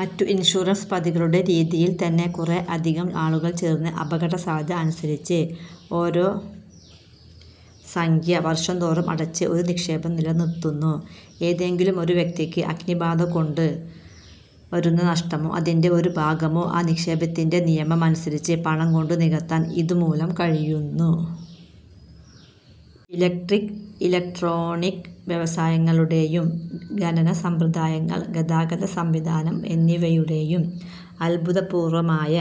മറ്റു ഇൻഷുറൻസ് പദ്ധതികളുടെ രീതിയിൽ തന്നെ, കുറെ അധികം ആളുകൾ ചേർന്ന് അപകടസാധ്യത അനുസരിച്ച് ഓരോ സംഖ്യ വർഷംതോറും അടച്ച് ഒരു നിക്ഷേപം നിലനിർത്തുന്നു. ഏതെങ്കിലും ഒരു വ്യക്തിക്ക് അഗ്നിബാധകൊണ്ടു വരുന്ന നഷ്ടമോ, അതിന്റെ ഒരു ഭാഗമോ ആ നിക്ഷേപത്തിന്റെ നിയമം അനുസരിച്ച് പണംകൊണ്ടു നികത്താൻ ഇതുമൂലം കഴിയുന്നു. ഇലക്ട്രിക്-ഇലക്ട്രോണിക വ്യവസായങ്ങളുടേയും ഖനനസമ്പ്രദായങ്ങൾ, ഗതാഗത സംവിധാനം എന്നിവയുടേയും അഭൂതപൂർവമായ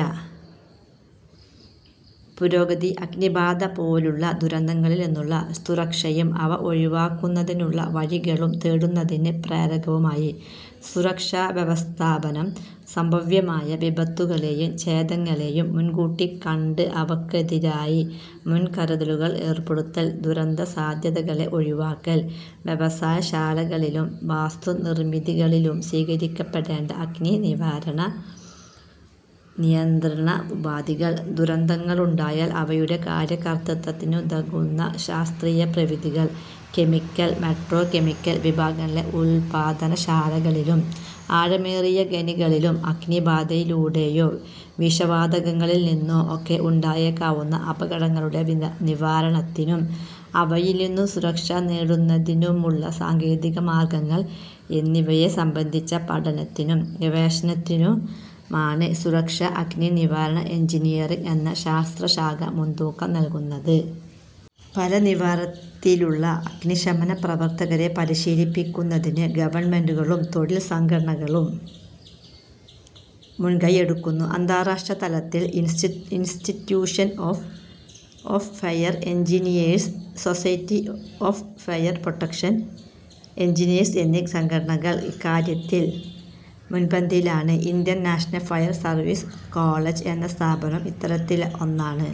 പുരോഗതി അഗ്നിബാധപോലുള്ള ദുരന്തങ്ങളിൽനിന്നുള്ള സുരക്ഷയും അവ ഒഴിവാക്കുന്നതിനുള്ള വഴികളും തേടുന്നതിന് പ്രേരകവുമായി. സുരക്ഷാവ്യവസ്ഥാപനം, സംഭവ്യമായ വിപത്തുകളേയും ചേതങ്ങളേയും മുൻകൂട്ടിക്കണ്ട് അവയ്ക്കെതിരായി മുൻകരുതലുകൾ ഏർപ്പെടുത്തൽ, ദുരന്തസാധ്യതകളെ ഒഴിവാക്കൽ, വ്യവസായശാലകളിലും വാസ്തുനിർമിതികളിലും സ്വീകരിക്കപ്പെടേണ്ട അഗ്നിനിവാരണ നിയന്ത്രണ ഉപാധികൾ, ദുരന്തങ്ങളുണ്ടായാൽ അവയുടെ കാര്യകർതൃത്വത്തിനുതകുന്ന ശാസ്ത്രീയ പ്രവിധികൾ, കെമിക്കൽ, പെട്രോകെമിക്കൽ വിഭാഗങ്ങളിലെ ഉത്പാദനശാലകളിലും ആഴമേറിയ ഖനികളിലും അഗ്നിബാധയിലൂടെയോ വിഷവാതകങ്ങളിൽ നിന്നോ ഒക്കെ ഉണ്ടായേക്കാവുന്ന അപകടങ്ങളുടെ നിവാരണത്തിനും അവയിൽനിന്നു സുരക്ഷനേടുന്നതിനുമുള്ള സാങ്കേതികമാർഗങ്ങൾ എന്നിവയെ സംബന്ധിച്ച പഠനത്തിനും, ഗവേഷണത്തിനുമാണ് സുരക്ഷാ അഗ്നിനിവാരണ എൻജിനിയറിങ് എന്ന ശാസ്ത്രശാഖ മുൻതൂക്കം നല്കുന്നത്. പല നിലവാരത്തിലുള്ള അഗ്നിശമന പ്രവർത്തകരെ പരിശീലിപ്പിക്കുന്നതിന് ഗവൺമെന്റുകളും തൊഴിൽ സംഘടനകളും മുൻകൈ എടുക്കുന്നു. അന്താരാഷ്ട്ര തലത്തിൽ 'Institution of Fire Engineers', 'Society of Fire Protection Engineers' എന്നീ സംഘടനകൾ ഇക്കാര്യത്തിൽ മുൻപന്തിയിലാണ്. Indian national fire service college എന്ന സ്ഥാപനവും ഇത്തരത്തിലൊന്നാണ്.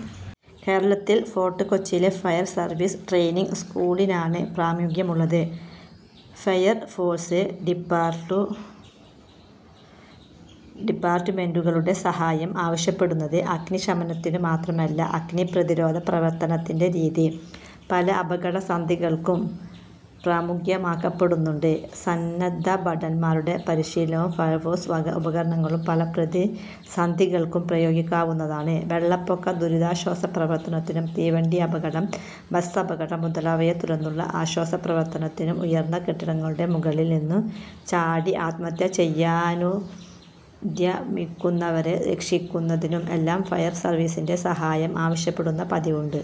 കേരളത്തിൽ ഫോർട്ട് കൊച്ചിയിലെ ഫയർ സർവീസ് ട്രെയിനിങ് സ്കൂളിനാണ് പ്രാമുഖ്യമുള്ളത്. ഫയർഫോഴ്സ് ഡിപ്പാർട്ടുമെന്റുകളുടെ സഹായം ആവശ്യപ്പെടുന്നത് അഗ്നിശമനത്തിനു മാത്രമല്ല അഗ്നി പ്രതിരോധപ്രവർത്തനത്തിന്റെ രീതി പല അപകടസന്ധികൾക്കും പ്രയുക്തമാക്കപ്പെടുന്നുണ്ട്. സന്നദ്ധഭടൻമാരുടെ പരിശീലനവും ഫയർഫോഴ്സ് വക ഉപകരണങ്ങളും പല പ്രതിസന്ധികൾക്കും പ്രയോഗിക്കാവുന്നതാണ്. വെള്ളപ്പൊക്കദുരിതാശ്വാസ പ്രവർത്തനത്തിനും തീവണ്ടിയപകടം, ബസ്സപകടം മുതലായവയെത്തുടർന്നുള്ള ആശ്വാസപ്രവർത്തനത്തിനും ഉയർന്ന കെട്ടിടങ്ങളുടെ മുകളിൽ നിന്നുചാടി ആത്മഹത്യ ചെയ്യാനുദ്യമിക്കുന്നവരെ രക്ഷിക്കുന്നതിനും എല്ലാം ഫയർസർവീസിന്റെ സഹായം ആവശ്യപ്പെടുന്ന പതിവുണ്ട്.